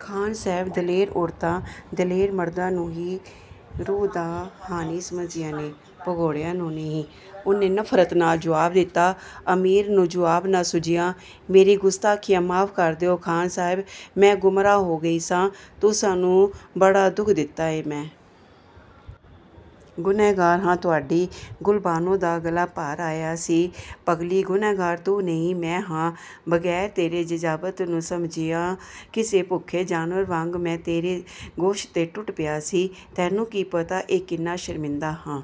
"ਖ਼ਾਨ ਸਾਹਬ ਦਲੇਰ ਔਰਤਾ, ਦਲੇਰ ਮਰਦਾ ਨੂੰ ਹੀ ਰੂਹ ਦਾ ਹਾਣੀ ਸਮਝਦੀਆਂ ਨੇ ਭਗੋੜਿਆਂ ਨੂੰ ਨਹੀਂ "… ਉਹਨੇ ਨਫਰਤ ਨਾਲ ਜਵਾਬ ਦਿਤਾ….. ਅਮੀਰ ਨੂੰ ਜੁਵਾਬ ਨਾ ਸੁੱਝਿਆ। "ਮੇਰੀਆਂ ਗੁਸਤਾਖ਼ੀਆਂ ਮਾਫ਼ ਕਰ ਦਿਉ ਖਾਨ ਸਾਹਬ… ਮੈਂ ਗੁੰਮਰਾਹ ਹੋ ਗਈ ਸਾਂ… ਤੁਸਾਂ ਨੂੰ ਬੜਾ ਦੁੱਖ ਦਿਤਾ ਏ ਮੈਂ। ਗੁਨਾਹਗਾਰ ਹਾਂ ਤੁਹਾਡੀ"…. ਗੁਲਬਾਨੋ ਦਾ ਗਲਾ ਭਰ ਆੲਆ ਸੀ। "ਪਗਲੀ"… ਗੁਨਾਹਗਾਰ ਤੂੰ ਨਹੀਂ ਮੈਂ ਹਾਂ। ਬਗੈਰ ਤੇਰੇ ਜਜ਼ਾਬਤ ਨੂੰ ਸਮਝਿਆਂ ਕਿਸੇ ਭੁੱਖੇ ਜਾਨਵਰ ਵਾਂਗ ਮੈਂ ਤੇਰੇ ਗੋਸ਼ਤ 'ਤੇ ਟੁੱਟ ਪਿਆ ਸੀ.. ਤੈਨੂੰ ਕੀ ਪਤਾ ਏਂ ਕਿੰਨਾ ਸ਼ਰਮਿੰਦਾਂ ਹਾਂ।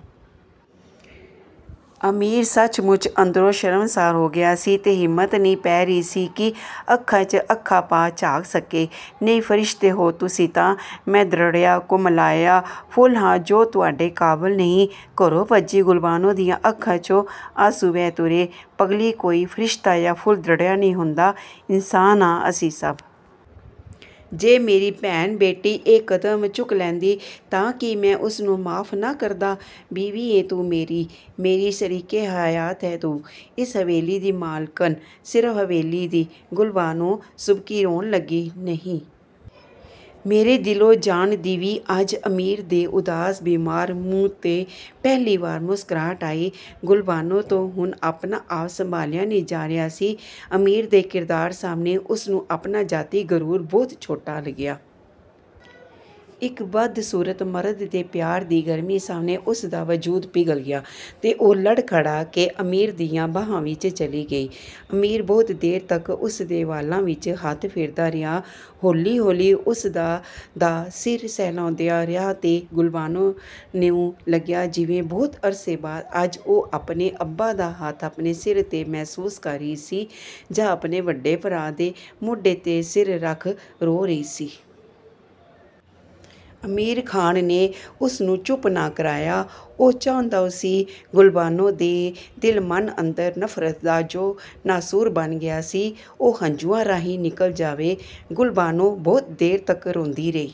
ਅਮੀਰ ਸੱਚਮੁੱਚ ਅੰਦਰੋਂ ਸ਼ਰਮਸਾਰ ਹੋ ਗਿਆ ਸੀ ਤੇ ਹਿੰਮਤ ਨਹੀ ਪੈ ਰਹੀ ਸੀ ਕਿ ਅੱਖਾਂ, ਚ' ਅੱਖਾ ਪਾ ਝਾਕ ਸਕੇ। "ਨਹੀਂ.. ਫਰਿਸ਼ਤੇ ਹੋ ਤੁਸੀ ਤਾਂ.. ਮੈਂ ਦਰੜਿਆ, ਕੁਮਲਾਇਆ ਫੁੱਲ ਹਾਂ ਜੋ ਤੁਹਾਡੇ ਕਾਬਲ ਨਹੀ, ਘਰੋ ਭੱਜੀ"ਗੁਲਬਾਨੋ ਦੀਆਂ ਅੱਖਾਂ, ਚੋਂ 'ਆਂਸੂ ਵਹਿ ਤੁਰੇ… "ਪਗਲੀ ਕੋਈ ਫਰਿਸ਼ਤਾ ਜਾਂ ਫੁੱਲ ਦ੍ਰੜਿਆ ਨਹੀ ਹੁੰਦਾਂ, ਇਨਸਾਨ ਹਾਂ ਅਸੀ ਸੱਭ.. ਜੇ ਮੇਰੀ ਭੈਣ-ਬੇਟੀ ਇਹ ਕਦਮ ਚੁੱਕ ਲੈਂਦੀ ਤਾਂ ਕੀ ਮੈਂ ਉਸਨੂੰ ਮਾਫ਼ ਨਾ ਕਰਦਾ! ਬੀਵੀ ਏਂ ਤੂੰ ਮੇਰੀ.. ਮੇਰੀ ਸ਼ਰੀਕੇ ਹਯਾਤ ਹੈ ਤੂੰ.. ਇਸ ਹਵੇਲੀ ਦੀ ਮਾਲਕਣ" "ਸਿਰਫ ਹਵੇਲੀ ਦੀ".. ਗੁਲਬਾਨੋ ਸੁਬਕੀ ਰੋਣ ਲੱਗੀ… "ਨਹੀ.. ਮੇਰੇ ਦਿਲੋਂ ਜਾਨ ਦੀ ਵੀ"ਅੱਜ ਅਮੀਰ ਦੇ ਉਦਾਸ, ਬੀਮਾਰ ਮੂੰਹ ਤੇਂ ਪਹਿਲੀ ਵਾਰ ਮੁਸਕ੍ਰਾਹਟ ਆਈ। ਗੁਲਬਾਨੋ ਤੋਂ ਹੁਣ ਆਪਣਾ ਆਪ ਸੰਭਾਲਿਆ ਨਹੀ ਜਾ ਰਿਹਾ ਸੀ। ਅਮੀਰ ਦੇ ਕਿਰਦਾਰ ਸਾਹਮਣੇ ਉਸਨੂੰ ਆਪਣਾ ਜਾਤੀ ਗਰੂਰ ਬਹੁਤ ਛੋਟਾ ਲੱਗਿਆ। ਇਕ ਬਦਸੂਰਤ ਮਰਦ ਦੇ ਪਿਆਰ ਦੀ ਗਰਮੀ ਸਾਹਮਣੇ ਉਸਦਾ ਵਜੂਦ ਪਿਘਲ ਗਿਆ ਤੇ ਉਹ ਲੜਖੜਾ ਕੇ ਅਮੀਰ ਦੀਆਂ ਬਾਹਾਂ ਵਿੱਚ ਚਲੀ ਗਈ। ਅਮੀਰ ਬਹੁਤ ਦੇਰ ਤੱਕ ਉਸਦੇ ਵਾਲਾਂ ਵਿੱਚ ਹੱਥ ਫੇਰਦਾ ਰਿਹਾ। ਹੌਲੀ ਹੌਲੀ ਉਸਦਾ ਦਾ ਸਿਰ ਸਹਿਲਾਓਦਾਂ ਰਿਹਾ ਤੇ ਗੁਲਬਾਨੋ ਨੂੰ ਲੱਗਿਆ ਜਿਵੇਂ ਬਹੁਤ ਅਰਸੇ ਬਾਅਦ ਅੱਜ ਉਹ ਆਪਣੇ ਅੱਬਾ ਦਾ ਹੱਥ ਆਪਣੇ ਸਿਰ 'ਤੇ ਮਹਿਸੂਸ ਕਰ ਰਹੀ ਸੀ ਜਾਂ ਆਪਣੇ ਵੱਡੇ ਭਰਾ ਦੇ ਮੋਢੇ 'ਤੇ ਸਿਰ ਰੱਖ ਰੋ ਰਹੀ ਸੀ। ਅਮੀਰ ਖਾਨ ਨੇ ਉਸ ਨੂੰ ਚੁੱਪ ਨਾ ਕਰਾਇਆ। ਉਹ ਚਾਹੁੰਦਾ ਸੀ ਗੁਲਬਾਨੋ ਦੇ ਦਿਲ-ਮਨ ਅੰਦਰ ਨਫਰਤ ਦਾ ਜੋ ਨਾਸੂਰ ਬਣ ਗਿਆ ਸੀ, ਉਹ ਹੰਝੂਆਂ ਰਾਹੀ ਨਿਕਲ ਜਾਵੇ। ਗੁਲਬਾਨੋ ਬਹੁਤ ਦੇਰ ਤੱਕ ਰੋਂਦੀ ਰਹੀ।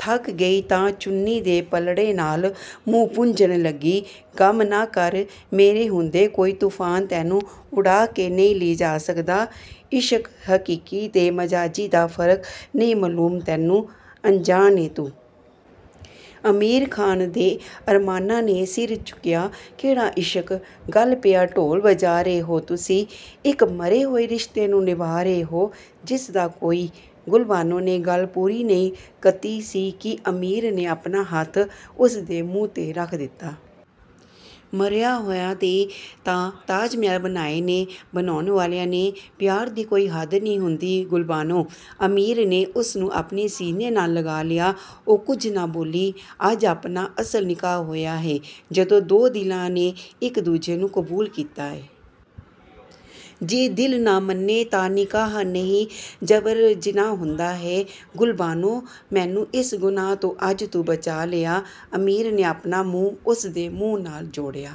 ਥੱਕ ਗਈ ਤਾਂ ਚੁੰਨੀ ਦੇ ਪਲੜੇ ਨਾਲ ਮੂੰਹ ਪੂੰਝਣ ਲੱਗੀ…। "ਗਮ ਨਾ ਕਰ "… ਮੇਰੇ ਹੁੰਦੇ ਕੋਈ ਤੂਫਾਨ ਤੈਨੂੰ ਉਡਾ ਕੇ ਨਹੀ ਲਿਜਾ ਸਕਦਾ।….. "ਇਸ਼ਕ ਹਕੀਕੀ ਤੇ ਮਾਜਾਜੀ ਦਾ ਫਰਕ ਨਹੀਂ ਮਲੂਮ ਤੈਨੂੰ… ਅਨਜਾਨ ਏਂ ਤੂੰ "..! ਅਮੀਰ ਖਾਨ ਦੇ ਅਰਮਾਨਾਂ ਨੇ ਸਿਰ ਚੁਕਿਆ। "ਕਿਹੜਾ ਇਸ਼ਕ"…! ਗਲ ਪਿਆ ਢੋਲ ਵਜਾ ਰਹੇ ਹੋਂ ਤੁਸੀ। ਇਕ ਮਰੇ ਹੋਏ ਰਿਸ਼ਤੇ ਨੂੰ ਨਿਭਾ ਰਹੇ ਹੋ….. ਜਿਸ ਦਾ ਕੋਈ…!! ਗੁਲਬਾਨੋ ਨੇ ਗੱਲ ਪੂਰੀ ਨਹੀਂ ਕਤੀ ਸੀ ਕਿ ਅਮੀਰ ਨੇ ਆਪਣਾ ਹੱਥ ਉਸ ਦੇ ਮੂੰਹ ਤੇ ਰੱਖ ਦਿਤਾ…..। "ਮਰਿਆਂ ਹੋਇਆਂ ਦੇ 'ਤਾਂ ਤਾਜਮਹਿਲ ਬਣਾਏ ਨੇ… ਬਣਾਉਣ ਵਾਲਿਆਂ ਨੇ…. ਪਿਆਰ ਦੀ ਕੋਈ ਹੱਦ ਨਹੀ ਹੁੰਦੀ ਗੁਲਬਾਨੋ "…. ਅਮੀਰ ਨੇ ਉਸਨੂੰ ਆਪਣੇ ਸੀਨੇ ਨਾਲ ਲਗਾ ਲਿਆ, ਉਹ ਕੁਝ ਨਾ ਬੋਲੀ। "ਅੱਜ ਆਪਣਾ ਅਸਲ ਨਿਕਾਹ ਹੋਇਆ ਏਂ ਜਦੋਂ ਦੋ ਦਿਲਾਂ ਨੇ ਇੱਕ ਦੂਜੇ ਨੂੰ ਕਬੂਲ ਕੀਤਾ ਏਂ। ਜੇ ਦਿਲ ਨਾ ਮੰਨੇ ਤਾਂ ਨਿਕਾਹ ਨਹੀ ਜਬਰਜਿਨਾਹ ਹੁੰਦਾਂ ਏਂ। ਗੁਲਬਾਨੋ ਮੈਨੂੰ ਇਸ ਗੁਨਾਹ ਤੋਂ ਅੱਜ ਤੂੰ ਬਚਾ ਲਿਆ …। ਅਮੀਰ ਨੇ ਆਪਣਾ ਮੂੰਹ ਉਸਦੇ ਮੂੰਹ ਨਾਲ ਜੋੜਿਆ।